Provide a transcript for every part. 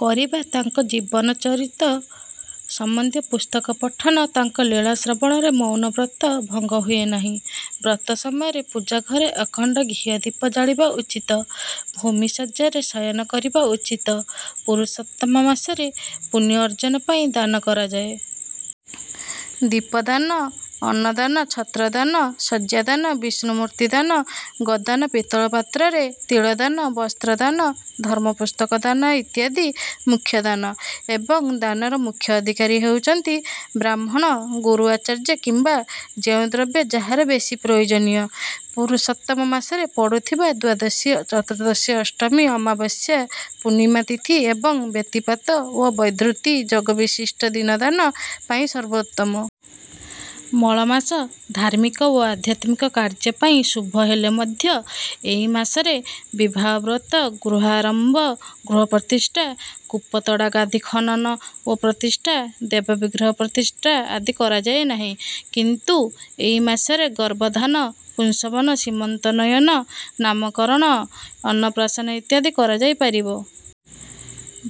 କରିବା ତାଙ୍କ ଜୀବନ ଚରିତ ସମ୍ବନ୍ଧୀୟ ପୁସ୍ତକ ପଠନ ତାଙ୍କ ଲୀଳା ଶ୍ରବଣରେ ମୌନବ୍ରତ ଭଙ୍ଗ ହୁଏନାହିଁ। ବ୍ରତ ସମୟରେ ପୂଜା ଘରେ ଅଖଣ୍ଡ ଘିଅ ଦୀପ ଜାଳିବା ଉଚିତ। ଭୂମି ଶଯ୍ୟାରେ ଶୟନ କରିବା ଉଚିତ। ପୁରୁଷୋତ୍ତମ ମାସରେ ପୂଣ୍ୟ ଅର୍ଜନ ପାଇଁ ଦାନ କରାଯାଏ। ଦୀପଦାନ ଅନ୍ନଦାନ ଛତ୍ରଦାନ ଶଯ୍ୟାଦାନ ବିଷ୍ଣୁମୁର୍ତ୍ତି ଦାନ ଗୋଦାନ ପିତ୍ତଳ ପାତ୍ରରେ ତିଳଦାନ ବସ୍ତ୍ରଦାନ ଧର୍ମପୁସ୍ତକ ଦାନ ଇତ୍ୟାଦି ମୁଖ୍ୟ ଦାନ ଏବଂ ଦାନର ମୁଖ୍ୟ ଅଧିକାରୀ ହେଉଛନ୍ତି ବ୍ରାହ୍ମଣ ଗୁରୁ ଆଚାର୍ଯ୍ୟ କିମ୍ବା ଯେଉଁ ଦ୍ରବ୍ୟ ଯାହାର ବେଶୀ ପ୍ରୟୋଜନୀୟ। ପୁରୁଷୋତ୍ତମ ମାସରେ ପଡୁଥିବା ଦ୍ୱାଦଶୀ ଚତୁର୍ଦ୍ଦଶୀ ଅଷ୍ଟମୀ ଅମାବାସ୍ୟା ପୂର୍ଣିମା ତିଥି ଏବଂ ବ୍ୟତିପାତ ଓ ବୈଧୃତି ଯୋଗ ବିଶିଷ୍ଟ ଦିନ ଦାନ ପାଇଁ ସର୍ବୋତ୍ତମ। ମଳ ମାସ ଧାର୍ମିକ ଓ ଆଧ୍ୟାତ୍ମିକ କାର୍ଯ୍ୟ ପାଇଁ ଶୁଭ ହେଲେ ମଧ୍ୟ ଏହି ମାସରେ ବିବାହ ବ୍ରତ ଗୃହାରମ୍ଭ ଗୃହପ୍ରତିଷ୍ଠା କୂପତଡ଼ାଗାଦି ଖନନ ଓ ପ୍ରତିଷ୍ଠା ଦେବ ବିଗ୍ରହ ପ୍ରତିଷ୍ଠା ଆଦି କରାଯାଏ ନାହିଁ କିନ୍ତୁ ଏହି ମାସରେ ଗର୍ଭଧାନ ପୁଂସବନ ସିମନ୍ତୋନ୍ନୟନ ନାମକରଣ ଅନ୍ନପ୍ରାଶନ ଇତ୍ୟାଦି କରାଯାଇ ପାରିବ।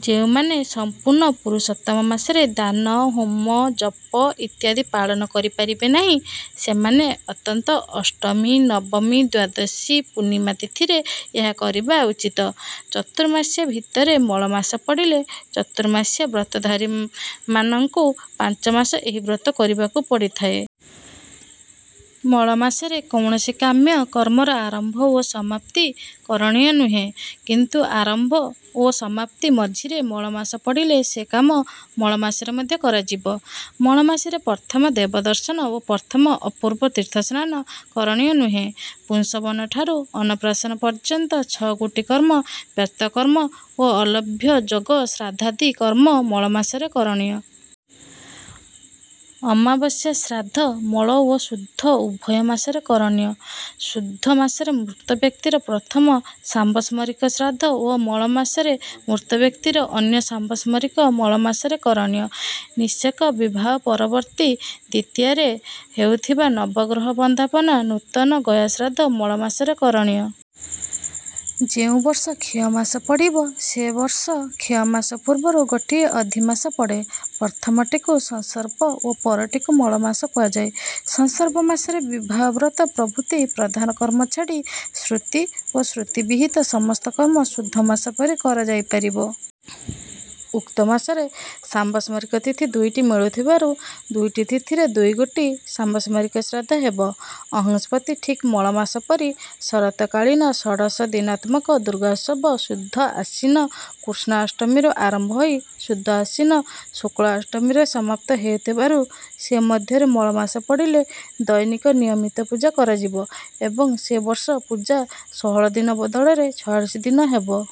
ଯେଉଁମାନେ ସମ୍ପୁର୍ଣ୍ଣ ପୁରୁଷୋତ୍ତମ ମାସରେ ଦାନ ହୋମ ଜପ ଇତ୍ୟାଦି ପାଳନ କରିପାରିବେ ନାହିଁ ସେମାନେ ଅନ୍ତତଃ ଅଷ୍ଟମୀ ନବମୀ ଦ୍ୱାଦଶୀ ପୂର୍ଣ୍ଣିମା ତିଥିରେ ଏହା କରିବା ଉଚିତ। ଚତୁର୍ମାସ୍ୟା ଭିତରେ ମଳମାସ ପଡ଼ିଲେ ଚତୁର୍ମାସ୍ୟା ବ୍ରତଧାରୀମାନଙ୍କୁ ପାଞ୍ଚ ମାସ ଏହି ବ୍ରତ କରିବାକୁ ପଡ଼ିଥାଏ। ମଳମାସରେ କୌଣସି କାମ୍ୟ କର୍ମର ଆରମ୍ଭ ଓ ସମାପ୍ତି କରଣୀୟ ନୁହେଁ କିନ୍ତୁ ଆରମ୍ବ ଓ ସମାପ୍ତି ମଝିରେ ମଳମାସ ପଡ଼ିଲେ ସେ କାମ ମଳମାସରେ ମଧ୍ୟ କରାଯିବ। ମଳମାସରେ ପ୍ରଥମ ଦେବଦର୍ଶନ ଓ ପ୍ରଥମ ଅପୂର୍ବ ତୀର୍ଥସ୍ନାନ କରଣୀୟ ନୁହେଁ। ପୁଂସବନଠାରୁ ଅନ୍ନପ୍ରାଶନ ପର୍ଯ୍ୟନ୍ତ ଛଅ ଗୋଟି କର୍ମ ପ୍ରେତ କର୍ମ ଓ ଅଲଭ୍ୟ ଯୋଗ ଶ୍ରାଦ୍ଧାଦି କର୍ମ ମଳମାସରେ କରଣୀୟ। ଅମାବାସ୍ୟା ଶ୍ରାଦ୍ଧ ମଳ ଓ ଶୁଦ୍ଧ ଉଭୟ ମାସରେ କରଣୀୟ। ଶୁଦ୍ଧ ମାସରେ ମୃତ ବ୍ୟକ୍ତିର ପ୍ରଥମ ସାମ୍ବତ୍ସରିକ ଶ୍ରାଦ୍ଧ ଓ ମଳମାସରେ ମୃତ ବ୍ୟକ୍ତିର ଅନ୍ୟ ସାମ୍ବତ୍ସରିକ ମଳ ମାସରେ କରଣୀୟ। ନିଷେକ ବିବାହ ପରବର୍ତ୍ତୀ ଦ୍ୱିତୀୟାରେ ହେଉଥିବା ନବଗ୍ରହ ବନ୍ଦାପନା ନୂତନ ଗୟାଶ୍ରାଦ୍ଧ ମଳମାସରେ କରଣୀୟ। ଯେଉଁ ବର୍ଷ କ୍ଷୟମାସ ପଡ଼ିବ ସେ ବର୍ଷ କ୍ଷୟମାସ ପୂର୍ବରୁ ଗୋଟିଏ ଅଧିମାସ ପଡ଼େ। ପ୍ରଥମଟିକୁ ସଂସର୍ପ ଓ ପରଟିକୁ ମଳମାସ କୁହାଯାଏ। ସଂସର୍ପ ମାସରେ ବିବାହ ବ୍ରତ ପ୍ରଭୃତି ପ୍ରଧାନ କର୍ମ ଛାଡ଼ି ଶ୍ରୁତି ଓ ସ୍ମୃତି ବିହିତ ସମସ୍ତ କର୍ମ ଶୁଦ୍ଧମାସ ପରି କରାଯାଇପାରିବ। ଉକ୍ତ ମାସରେ ସାମ୍ବତ୍ସରିକ ତିଥି ଦୁଇଟି ମିଳୁଥିବାରୁ ଦୁଇଟି ତିଥିରେ ଦୁଇଗୋଟି ସାମ୍ବତ୍ସରିକ ଶ୍ରାଦ୍ଧ ହେବ। ଅଂହସ୍ପତି ଠିକ ମଳମାସ ପରି ଶରତ କାଳୀନ ଷୋଡଶଦିନାତ୍ମକ ଦୁର୍ଗୋତ୍ସବ ଶୁଦ୍ଧ ଆଶ୍ୱୀନ କୃଷ୍ଣାଷ୍ଟମୀରୁ ଆରମ୍ଭ ହୋଇ ଶୁଦ୍ଧ ଆଶ୍ୱିନ ଶୁକ୍ଲାଷ୍ଟମୀରେ ସମାପ୍ତ ହେଉଥିବାରୁ ସେ ମଧ୍ୟରେ ମଳମାସ ପଡ଼ିଲେ ଦୈନିକ ନିୟମିତ ପୂଜା କରାଯିବ ଏବଂ ସେ ବର୍ଷ ପୂଜା ଷୋହଳ ଦିନ ବଦଳରେ ଛୟାଳିଶ ଦିନ ହେବ।